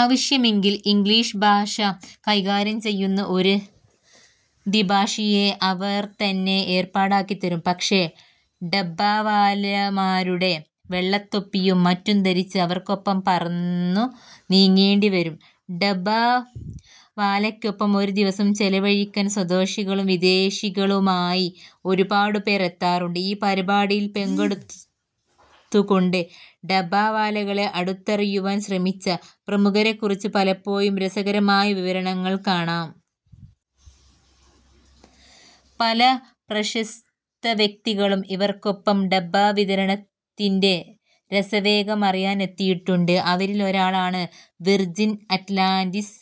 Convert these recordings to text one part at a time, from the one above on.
ആവശ്യമെങ്കിൽ ഇംഗ്ലീഷ് ഭാഷ കൈകാര്യം ചെയ്യുന്ന ഒരു ദ്വിഭാഷിയെ അവർ തന്നെ ഏർപ്പാടാക്കി തരും. പക്ഷേ ഡബ്ബാവാലമാരുടെ വെള്ളത്തൊപ്പിയും മറ്റും ധരിച്ച് അവർക്കൊപ്പം "പറന്നു" നീങ്ങേണ്ടിവരും. ഡബ്ബാവാലയ്ക്കൊപ്പം ഒരു ദിവസം ചെലവഴിക്കാൻ സ്വദേശികളും വിദേശികളുമായി ഒരുപാടുപേർ എത്താറുണ്ട്. ഈ പരിപാടിയിൽ പങ്കെടുത്തുകൊണ്ട് ഡബ്ബാവാലകളെ അടുത്തറിയുവാൻ ശ്രമിച്ച പ്രമുഖരെക്കുറിച്ച് പലപ്പോഴും രസകരമായ വിവരണങ്ങൾ കാണാം. പല പ്രശസ്തവ്യക്തികളും ഇവർക്കൊപ്പം ഡബ്ബാവിതരണത്തിന്റെ രസവേഗം അറിയാൻ എത്തിയിട്ടുണ്ട്. അവരിൽ ഒരാളാണ് വിർജിൻ അറ്റ്ലാന്റിസ്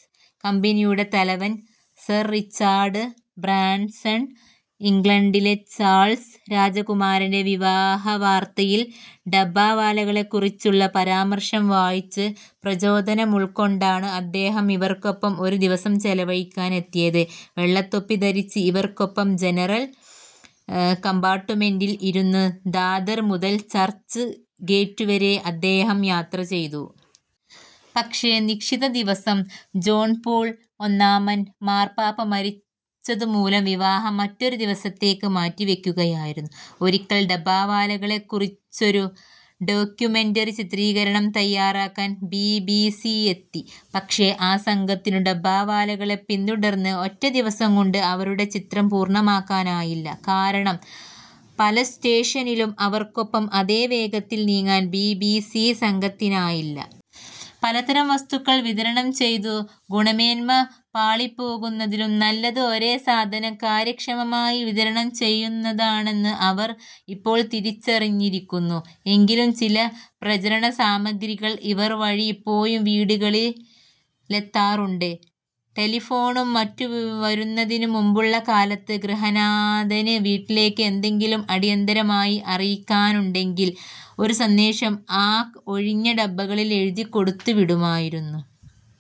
കമ്പനിയുടെ തലവൻ സർ റിച്ചാർഡ് ബ്രാൻസൺ. ഇംഗ്ലണ്ടിലെ ചാൾസ് രാജകുമാരന്റെ വിവാഹവാർത്തയിൽ ഡബ്ബാവാലകളെക്കുറിച്ചുള്ള പരാമർശം വായിച്ച് പ്രചോദനമുൾക്കൊണ്ടാണ് അദ്ദേഹം ഇവർക്കൊപ്പം ഒരു ദിവസം ചെലവഴിക്കാൻ എത്തിയത്. വെള്ളത്തൊപ്പി ധരിച്ച് ഇവർക്കൊപ്പം ജനറൻ കമ്പാർട്ടുമെന്റിൽ ഇരുന്ന് ദാദർ മുതൽ ചർച്ച് ഗേറ്റുവരെ അദ്ദേഹം യാത്ര ചെയ്തു. പക്ഷേ നിശ്ചിതദിവസം ജോൺ പോൾ ഒന്നാമൻ മാർപ്പാപ്പ മരിച്ചതു മൂലം വിവാഹം മറ്റൊരു ദിവസത്തേക്ക് മാറ്റി വയ്ക്കുകയായിരുന്നു. ഒരിക്കൽ ഡബ്ബാവാലകളെ കുറിച്ചൊരു ഡോക്യുമെന്ററി ചിത്രീകരണം തയ്യാറാക്കാൻ ബീ ബീ സി എത്തി. പക്ഷേ ആ സംഘത്തിനു ഡബ്ബാവാലകളെ പിന്തുടർന്ന് ഒറ്റദിവസംകൊണ്ട് അവരുടെ ചിത്രം പൂർണ്ണമാക്കാനായില്ല. കാരണം പലസ്റ്റേഷനിലും അവർക്കൊപ്പം അതേ വേഗത്തിൽ നീങ്ങാൻ ബീ ബീ സി സംഘത്തിനായില്ല. പലതരം വസ്തുക്കൾ വിതരണം ചെയ്തു ഗുണമേന്മ പാളിപ്പോകുന്നതിലും നല്ലത് ഒരേ സാധനം കാര്യക്ഷമമായി വിതരണം ചെയ്യുന്നതാണെന്നു അവർ ഇപ്പോൾ തിരിച്ചറിഞ്ഞിരിക്കുന്നു. എങ്കിലും ചില പ്രചരണസാമിഗ്രികൾ ഇവർ വഴി ഇപ്പോഴും വീടുകളിലെത്താറുണ്ട്. ടെലഫോണും മറ്റും വരുന്നതിനു മുൻപുള്ള കാലത്ത് ഗൃഹനാഥനു് വീട്ടിലേക്ക് എന്തെങ്കിലും അടിയന്തരമായി അറിയിക്കാനുണ്ടെങ്കിൽ ഒരു സന്ദേശം ആ ഒഴിഞ്ഞ ഡബ്ബകളിൽ എഴുതി കൊടുത്തു വിടുമായിരുന്നു.